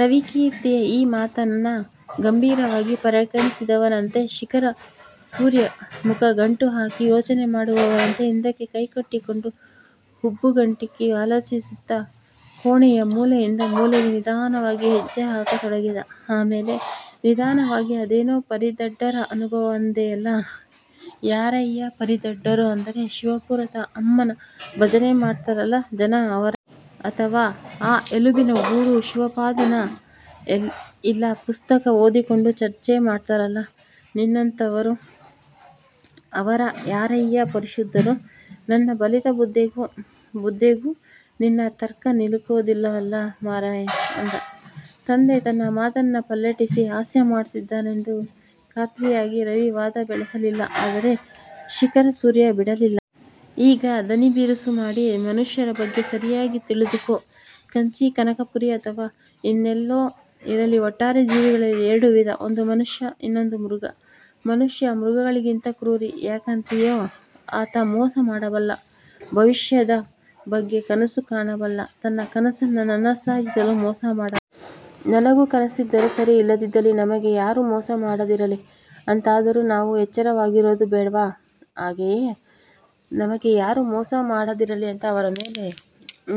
ರವಿಕೀರ್ತಿಯ ಈ ಮಾತನ್ನ ಗಂಭೀರವಾಗಿ ಪರಿಗಣಿಸಿದವನಂತೆ ಶಿಖರಸೂರ್ಯ ಮುಖ ಗಂಟು ಹಾಕಿ ಯೋಚನೆ ಮಾಡುವವರಂತೆ ಹಿಂದಕ್ಕೆ ಕೈ ಕಟ್ಟಿಕೊಂಡು, ಹುಬ್ಬುಗಂಟಿಕ್ಕಿ ಆಲೋಚಿಸುತ್ತ, ಕೋಣೆಯ ಮೂಲೆಯಿಂದ ಮೂಲೆಗೆ ನಿಧಾನವಾಗಿ ಹೆಜ್ಜೆಹಾಕತೊಡಗಿದ. ಆಮೇಳೆ ನಿಧಾನವಾಗಿ "ಅದೇನೋ ಪರಿಧಡ್ಡರ ಅನುಭವ ಅಂದೆಯಲ್ಲ? ಯಾರಯ್ಯ ಪರಿಧಡ್ಡರು ಅಂದರೆ? ಶಿವಾಪುರದ ಅಮ್ಮನ ಭಜನೆ ಮಾಡ್ತಾರಲ್ಲ ಜನ, ಅವರ? ಅಥವಾ ಆ ಎಲುಬಿನ ಗೂಡು ಶಿವಪಾದನ? ಇಲ್ಲಾ ಪುಸ್ತಕ ಓದಿಕೊಂಡು ಚರ್ಚೆ ಮಾಡ್ತಾರಲ್ಲ ನಿನ್ನಂಥವರು, ಅವರ? ಯಾರಯ್ಯಾ ಪರಿಶುದ್ಧರು? ನನ್ನ ಬಲಿತ ಬುದ್ಧೆಗೂ ನಿನ್ನ ತರ್ಕ ನಿಲುಕುವುದಿಲ್ಲವಲ್ಲ ಮಾರಾಯಾ". ಅಂದ. ತಂದೆ ತನ್ನ ಮಾತನ್ನ ಪಲ್ಲಟಿಸಿ ಹಾಸ್ಯ ಮಾಡುತ್ತಿದ್ದಾನೆಂದು ಖಾತ್ರಿಯಾಗಿ ರವಿ ವಾದ ಬೆಳೆಸಲಿಲ್ಲ. ಆದರೆ ಶಿಖರಸೂರ್ಯ ಬಿಡಲಿಲ್ಲ. ಈಗ ದನಿ ಬಿರುಸು ಮಾಡಿ, "ಮನುಷ್ಯರ ಬಗ್ಗೆ ಸರಿಯಾಗಿ ತಿಳಿದುಕೊ. ಕಂಚಿ ಕನಕಪುರಿ ಅಥವಾ ಇನ್ನೆಲ್ಲೋ ಇರಲಿ ಒಟ್ಟಾರೆ ಜೀವಿಗಳಲ್ಲಿ ಎರಡು ವಿಧ: ಒಂದು ಮನುಷ್ಯ, ಇನ್ನೊಂದು ಮೃಗ. ಮನುಷ್ಯ ಮೃಗಗಳಿಗಿಂಗ ಕ್ರೂರಿ. ಯಾಕಂತೀಯೊ? ಆತ ಮೋಸ ಮಾಡಬಲ್ಲ; ಭವಿಷ್ಯದ ಬಗ್ಗೆ ಕನಸು ಕಾಣಬಲ್ಲ. ತನ್ನ ಕನಸನ್ನ ನನಸಾಗಿಸಲು ಮೋಸ ಮಾಡಬಲ್ಲ. ನನಗೂ ಕನಸಿದ್ದರೆ ಸರಿ. ಇಲ್ಲದಿದ್ದಲ್ಲಿ ನಮಗೆ ಯಾರೂ ಮೋಸ ಮಾಡದಿರಲಿ ಅಂತಾದರೂ ನಾವು ಎಚ್ಚರವಾಗಿರೋದು ಬ್ಯಾಡವಾ? ಹಾಗೆಯೇ ನಮಗೆ ಯಾರೂ ಮೋಸ ಮಾಡದಿರಲಿ ಅಂತ ಅವರ ಮೇಲೆ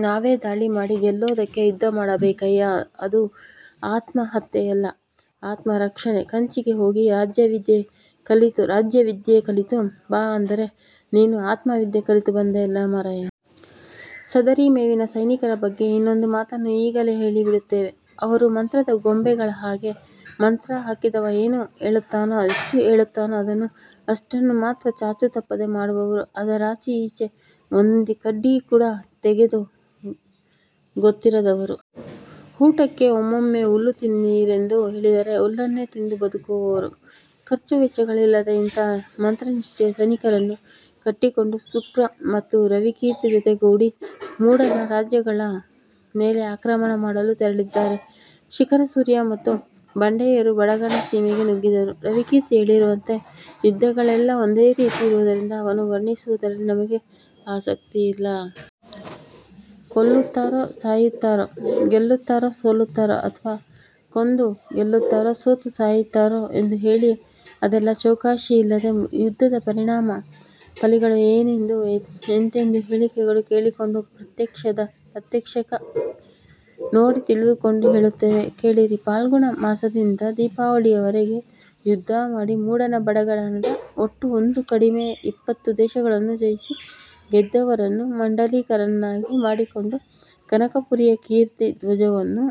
ನಾವೇ ದಾಳಿ ಮಾಡಿ ಗೆಲ್ಲೋದಕ್ಕೆ ಯುದ್ಧ ಮಾಡಬೇಕಯ್ಯಾ. ಅದು ಆತ್ಮಹತ್ಯೆಯಲ್ಲ, ಆತ್ಮರಕ್ಷಣೆ. ಕಂಚಿಗೆ ಹೋಗಿ ರಾಜವಿದ್ಯೆ ಕಲಿತು ಬಾ ಅಂದರೆ ನೀನು ಆತ್ಮವಿದ್ಯೆ ಕಲಿತು ಬಂದೆಯಲ್ಲಾ ಮಾರಾಯಾ! " ಸದರಿ ಮೇವಿನ ಸೈನಿಕರ ಬಗ್ಗೆ ಇನ್ನೊಂದು ಮಾತನ್ನು ಈಗಲೇ ಹೇಳಿ ಬಿಡುತ್ತೇವೆ: ಅವರು ಮಂತ್ರದ ಗೊಂಬೆಗಳ ಹಾಗೆ. ಮಂತ್ರ ಹಾಕಿದವ ಏನು ಹೇಳುತ್ತಾನೋ, ಎಷ್ಟು ಹೇಳುತ್ತಾನೋ ಅದನ್ನು, ಅಷ್ಟನ್ನು ಮಾತ್ರ ಚಾಚೂ ತಪ್ಪದೆ ಮಾಡುವವರು. ಅದರಾಚಿ ಈಚೆ ಒಂದಿ ಕಡ್ಡಿ ಕೂಡ ತೆಗೆದು ಗೊತ್ತಿರದವರು. ಊಟಕ್ಕೆ ಒಮ್ಮೊಮ್ಮೆ ಹುಲ್ಲು ತಿನ್ನಿರೆಂದು ಹೇಳಿದರೆ ಹುಲ್ಲನ್ನೇ ತಿಂದು ಬದುಕುವವರು. ಖರ್ಚು ವೆಚ್ಚಗಳಿಲ್ಲದ ಇಂಥ ಮಂತ್ರನಿಷ್ಠೆಯ ಸೈನಿಕರನ್ನು ಕಟ್ಟಿಕೊಂಡು ಸುಕ್ರ ಮತ್ತು ರವಿಕೀರ್ತಿ ಜೊತೆಗೂಡಿ ಮೂಡನ ರಾಜ್ಯಗಳ ಮೇಲೆ ಆಕ್ರಮಣ ಮಾಡಲು ತೆರಳಿದರೆ ಶಿಖರಸೂರ್ಯ ಮತ್ತು ಬಂಡೆಯರು ಬಡಗಣ ಸೀಮೆಗೆ ನುಗ್ಗಿದರು. ರವಿಕೀರ್ತಿ ಹೇಳಿರುವಂತೆ ಯುದ್ಧಗಳೆಲ್ಲಾ ಒಂದೇ ರೀತಿ ಇರುವುದರಿಂದ ಅವನ್ನು ವರ್ಣಿಸುವುದರಲ್ಲಿ ನಮಗೆ ಆಸಕ್ತಿಯಿಲ್ಲ. ಕೊಲ್ಲುತ್ತಾರೆ, ಸಾಯುತ್ತಾರೆ, ಗೆಲ್ಲುತ್ತಾರೆ. ಸೋಲುತ್ತಾರೆ. ಅಥವಾ ಕೊಂದು ಗೆಲ್ಲುತ್ತಾರೆ, ಸೋತು ಸಾಯುತ್ತಾರೆ, ಎಂದು ಹೇಳಿ ಅದೆಲ್ಲಾ ಚೌಕಾಶಿಯಿಲ್ಲದೆ ಯುದ್ಧದ ಪರಿಣಾಮ ಫಲಿಗಳು ಏನೆಂದು, ಎಂತೆಂದು ಹೇಳಿಕೆಗಳ ಕೇಳಿಕೊಂಡು, ಪ್ರತ್ಯಕ್ಷಕ ನೋಡಿ ತಿಳಿದುಕೊಂಡು ಹೇಳುತ್ತೇವೆ, ಕೇಳಿರಿ:ಫಾಲ್ಗುಣ ಮಾಸದಿಂದ ದೀಪಾವಳಿಯವರೆಗೆ ಯುದ್ಧಮಾಡಿ ಮೂಡಣ ಬಡಗಣದ ಒಟ್ಟು ಒಂದು ಕಡಿಮೆ ಇಪ್ಪತ್ತು ದೇಶಗಳನ್ನೂ ಜಯಿಸಿ, ಗೆದ್ದವರನ್ನ ಮಾಂಡಳಿಕರನ್ನಾಗಿ ಮಾಡಿಕೊಂಡು, ಕನಕಪುರಿಯ ಕೀರ್ತಿ ಧ್ವಜವನ್ನು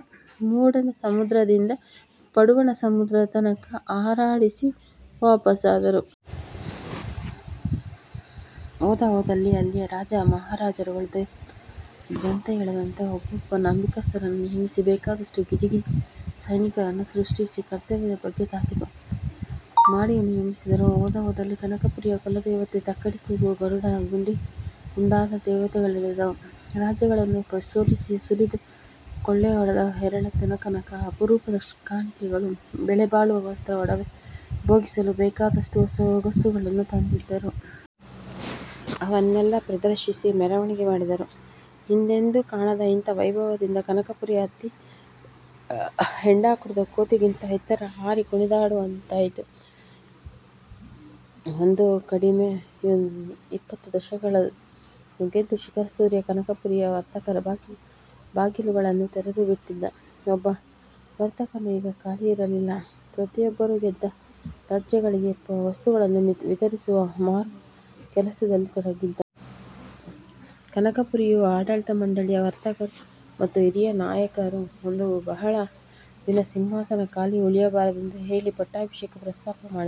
ಮೂಡಣ ಸಮುದ್ರದಿಂದ ಪಡುವಣ ಸಮುದ್ರದ ತನಕ ಹಾರಾಡಿಸಿ ವಾಪಸಾದರು. ಹೋದಹೋದಲ್ಲಿ ಅಲ್ಲಿಯ ರಾಜ ಮಹಾರಾಜರುಗಳು ದಂತೆಯೇಳದಂತೆ ಒಬ್ಬೊಬ್ಬ ನಂಬಿಕಸ್ಥರನ್ನ ನಿಯಮಿಸಿ ಬೇಕಾದಷ್ಟು ಗಿಜಿ ಗಿಜಿ ಸೈನಿಕರನ್ನು ಸೃಷ್ಟಿಸಿ, ಕರ್ತವ್ಯದ ಬಗ್ಗೆ ತಾಕೀತು ಮಾಡಿ ನಿಯಮಿಸಿದರು. ಹೋದಹೋದಲ್ಲಿ ಕನಕಪುರಿಯ ಕುಲದೇವತೆ ತಕ್ಕಡಿ ತೂಗುವ ಗರುಡನ ಗುಡಿ ಗುಂಡಾರ ದೇವಾಲಯಗಳೆದ್ದವು. ರಾಜ್ಯಗಳನ್ನು ಸೋಲಿಸಿ, ಸುಲಿದು, ಕೊಳ್ಳೆ ಹೊಡೆದು, ಹೇರಳ ಧನಕನಕ, ಅಪರೂಪದ ಕಾಣಿಕೆಗಳು ಬೆಲೆಬಾಳುವ ವಸ್ತು ಒಡವೆ, ಭೋಗಿಸಲು ಬೇಕಾದಷ್ಟು ಸೊಗಸುಗಳನ್ನು ತಂದಿದ್ದರು. ಅವನ್ನೆಲ್ಲ ಪ್ರದರ್ಶಿಸಿ ಮೆರವಣಿಗೆ ಮಾಡಿದರು. ಹಿಂದೆಂದೂ ಕಾಣದ ಇಂಥ ವೈಭವದಿಂದ ಕನಕಪುರಿ ಹತ್ತಿ ಹೆಂಡ ಕುಡಿದ ಕೋತಿಗಿಂತ ಎತ್ತರ ಹಾರಿ ಕುಣಿದಾಡವಂತಾಯಿತು. ಒಂದು ಕಡಿಮೆ ಇಪ್ಪತ್ತು ದೇಶಗಳನ್ನು ಗೆದ್ದು ಶಿಖರಸೂರ್ಯ ಕನಕಪುರಿಯ ವರ್ತಕರ ಭಾಗ್ಯದ ಬಾಗಿಲುಗಳನ್ನು ತೆರೆದುಬಿಟ್ಟಿದ್ದ. ಒಬ್ಬ ವರ್ತಕನೂ ಈಗ ಖಾಲಿ ಇರಲಿಲ್ಲ. ಪ್ರತಿಯೊಬ್ಬರೂ ಗೆದ್ದ ರಾಜ್ಯಗಳಿಗೆ ವಸ್ತುಗಳನ್ನು ವಿತರಿಸುವ, ಮಾರುವ ಕೆಲಸದಲ್ಲಿ ತೊಡಗಿದ್ದರು. ಕನಕಪುರಿಯ ಆಡಳಿತ ಮಂಡಳಿಯ ವರ್ತಕರು ಮತ್ತು ಹಿರಿಯ ನಾಯಕರು ಬಂದು ಬಹಳ ದಿನ ಸಿಂಹಾಸನ ಖಾಲಿ ಉಳಿಯಬಾರದೆಂದು ಹೇಳಿ ಪಟ್ಟಾಭಿಷೇಕದ ಪ್ರಸ್ತಾಪ ಮಾಡಿದರು.